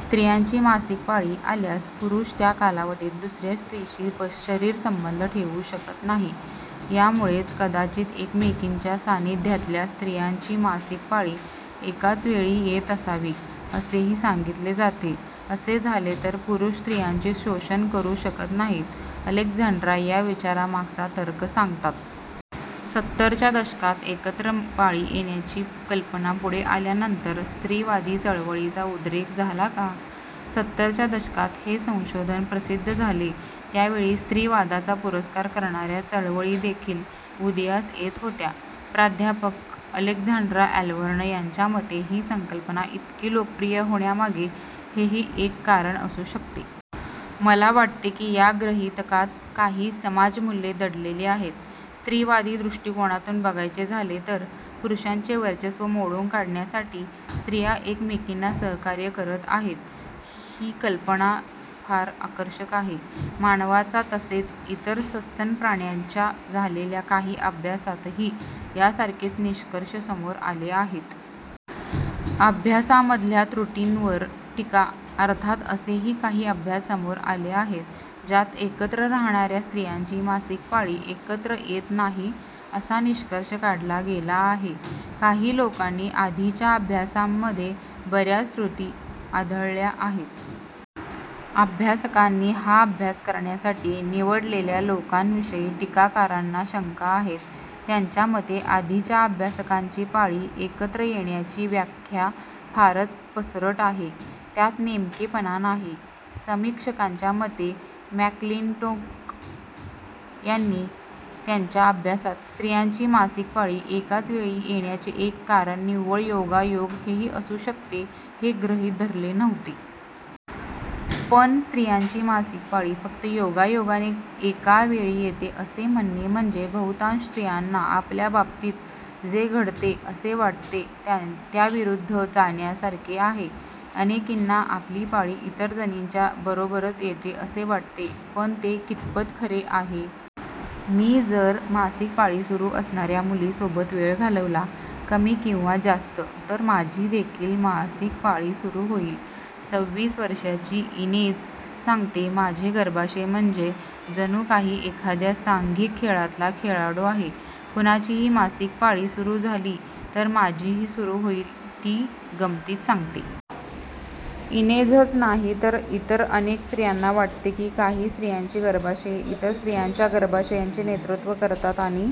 स्त्रियांची मासिक पाळी आल्यास पुरुष त्या कालावधीत दुसऱ्या स्त्रीशी शरीरसंबंध ठेवू शकत नाही. यामुळेच कदाचित एकमेकींच्या सान्निध्यातल्या स्त्रियांची मासिक पाळी एकाच वेळी येत असावी, असेही सांगितले जाते. "असे झाले तर पुरुष स्त्रियांचे शोषण करू शकत नाहीत," अलेक्झांड्रा या विचारामागचा तर्क सांगतात. सत्तरच्या दशकात एकत्र पाळी येण्याची कल्पना पुढे आल्यानंतर स्त्रीवादी चळवळीचा उद्रेक झाला का? सत्तरच्या दशकात हे संशोधन प्रसिद्ध झाले त्यावेळी स्त्रीवादाचा पुरस्कार करणाऱ्या चळवळी देखील उदयास येत होत्या. प्राध्यापक अलेक्झांड्रा ॲलव्हर्न यांच्या मते ही संकल्पना इतकी लोकप्रिय होण्यामागे हेही एक कारण असू शकते. "मला वाटते की, या गृहितकात काही 'समाजमूल्ये' दडलेली आहेत. स्त्रीवादी दृष्टिकोनातून बघायचे झाले तर पुरुषांचे वर्चस्व मोडून काढण्यासाठी स्त्रिया एकमेकींना सहकार्य करत आहेत ही कल्पनाच फार आकर्षक आहे." मानवाचा तसेच इतर सस्तन प्राण्यांच्या झालेल्या काही अभ्यासांतही यासारखेच निष्कर्ष समोर आले आहेत. अभ्यासामधल्या त्रुटींवर टीका - अर्थात असेही काही अभ्यास समोर आले आहेत ज्यात एकत्र राहणाऱ्या स्त्रियांची मासिक पाळी एकत्र येत नाही असा निष्कर्ष काढला गेला आहे. काही लोकांनी आधीच्या अभ्यासांमध्येही बऱ्याच त्रुटी आढळल्या आहेत. अभ्यासकांनी हा अभ्यास करण्यासाठी निवडलेल्या लोकांविषयी टीकाकारांना शंका आहेत. त्यांच्या मते आधीच्या अभ्यासकांची 'पाळी एकत्र येण्याची' व्याख्या फारच पसरट आहे. त्यात नेमकेपणा नाही. समीक्षकांच्या मते, मॅकक्लिंटोक यांनी त्यांच्या अभ्यासात स्त्रियांची पाळी एकाच वेळी येण्याचे एक कारण निव्वळ योगायोग हेही असू शकते, हे गृहीत धरले नव्हते. पण स्त्रियांची मासिक पाळी फक्त योगायोगाने एका वेळी येते असे म्हणणे म्हणजे बहुतांश स्त्रियांना आपल्या बाबतीत जे घडते असे वाटते त्याविरुद्ध जाण्यासारखे आहे. अनेकींना आपली पाळी इतर जणींच्या बरोबरच येते असे वाटते, पण ते कितपत खरे आहे? "मी जर मासिक पाळी सुरू असणाऱ्या मुलीसोबत वेळ घालवला, कमी किंवा जास्त तर माझीदेखील मासिक पाळी सुरू होईल," सव्वीस वर्षांची इनेझ सांगते. "माझे गर्भाशय म्हणजे जणू काही एखाद्या सांघिक खेळातला खेळाडू आहे. कुणाचीही मासिक पाळी सुरू झाली तर माझीही सुरू होईल," ती गंमतीत सांगते. इनेझच नाही तर इतर अनेक स्त्रियांना वाटते की, काही स्त्रियांची गर्भाशये इतर स्त्रियांच्या गर्भाशयांचे नेतृत्व करतात आणि